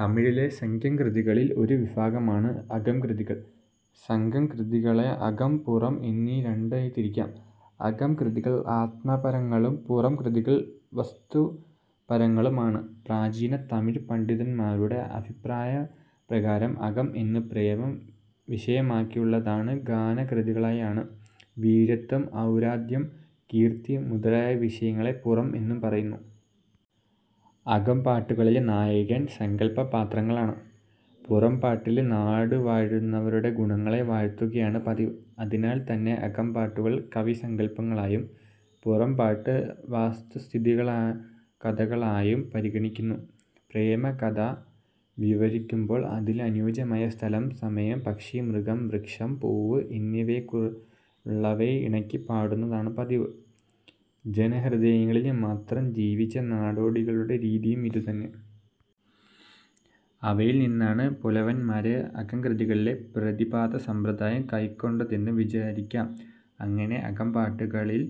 തമിഴിലെ സംഗ്യം കൃതികളിൽ ഒരു വിഭാഗമാണ് അകംകൃതികൾ. സംഘം കൃതി കളെ അകം, പുറം എന്ന് രണ്ടായി തിരിക്കാം. അകം കൃതികൾ ആത്മപരങ്ങളും പുറം കൃതികൾ വസ്തുപരങ്ങളും ആണ്. പ്രാചീന തമിഴ് പണ്ഡിതന്മാരുടെ അഭിപ്രായപ്രകാരം അകം എന്ന് പ്രേമം വിഷയമാക്കിയുള്ള ഗാനകൃതികളെയാണ്.. വീരത്വം, ഔരാദ്യം, കീർത്തി മുതലായ വിഷയങ്ങളെ 'പുറം' എന്നും പറയപ്പെടുന്നു. അകംപാട്ടുകളിലെ നായകൻ സങ്കല്പപാത്രങ്ങളാണ്. പുറംപാട്ടുകളില് നാടുവാഴുന്നവരുടെ ഗുണങ്ങളെ വാഴ്ത്തുകയാണ് പതിവ്. അതിനാൽതന്നെ അകംപാട്ടുകൾ കവിസങ്കല്പങ്ങളായും പുറംപാട്ട് വസ്തുസ്ഥിതികളാ കഥകളായും പരിണിക്കുന്നു. പ്രേമകഥ വിവരിക്കുമ്പോള് അതിന് അനുയോജ്യമായ സ്ഥലം, സമയം, പക്ഷി, മൃഗം, വൃക്ഷം, പൂവ് എന്നിങ്ങനെയുള്ളവയെ ഇണക്കി പാടുന്ന പതിവാണുള്ളത്. ജനഹൃദയങ്ങളില് മാത്രം ജീവിച്ച നാടോടികളുടെ രീതിയും ഇതുതന്നെ. അവയിൽ നിന്നാണ് പുലവന്മാര് അകംകൃതികളിലെ പ്രതിപാദനസമ്പ്രദായം കൈക്കൊണ്ടതെന്നു വിചാരിക്കാം. അങ്ങനെ അകംപാട്ടുകളിൽ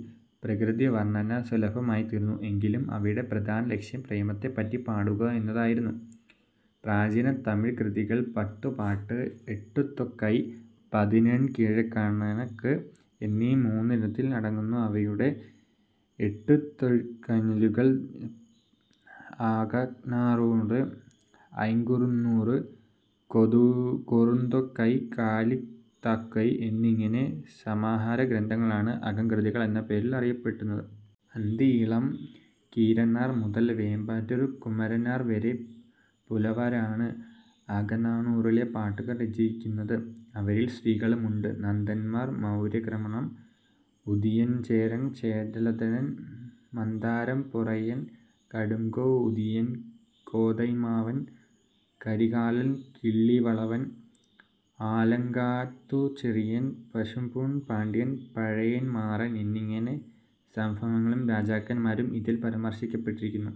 പ്രകൃതിവർണന സുലഭമായിത്തീർന്നു. എങ്കിലും അവയുടെ പ്രധാനലക്ഷ്യം പ്രേമത്തെപ്പറ്റി പാടുക എന്നതായിരുന്നു. പ്രാചീന തമിഴ്കൃതികൾ പത്തുപ്പാട്ട്, എട്ടുത്തൊകൈ, പതിനെണ്കീഴ്കണക്ക് എന്നീ മൂന്നിനത്തിൽ അടങ്ങുന്നു. അവയുടെ എട്ടുത്തൊകൈനൂല്കളിൽ നറ്റിണൈ, അകനാനൂറ്, ഐങ്കുറുന്നൂറ്, കുറുന്തൊകൈ, കലിത്തൊകൈ എന്നിങ്ങനെ സമാഹാരഗ്രന്ഥങ്ങളാണ് അകംകൃതികൾ എന്ന പേരിൽ അറിയപ്പെടുന്നത്. അന്തിയിളം കീരനാർ മുതൽ വേമ്പറ്റൂർ കുമരനാർ വരെ പുലവരാണ് അകനാനൂറിലെ പാട്ടുകൾ രചിച്ചിരിക്കുന്നത്. അവരിൽ സ്ത്രീകളുമുണ്ട്. നന്ദൻമാർ, മൗര്യാക്രമണം, ഉതിയൻചേരൻ, ചേരലാതൻ, മാന്തരംപൊറൈയൻ, കടുംകോ, ഉതിയൻ, കോതൈമാർവൻ, തിത്തൻ, കരികാലൻ, കിള്ളിവളവൻ, ആലങ്കാനത്തുചെഴിയൻ, പശുംപൂൺ പാണ്ഡ്യൻ, പഴയൻ മാറൻ എന്നിങ്ങനെ സംഭവങ്ങളും രാജാക്കന്മാരും ഇതിൽ പരാമർശിക്കപ്പെട്ടിരിക്കുന്നു.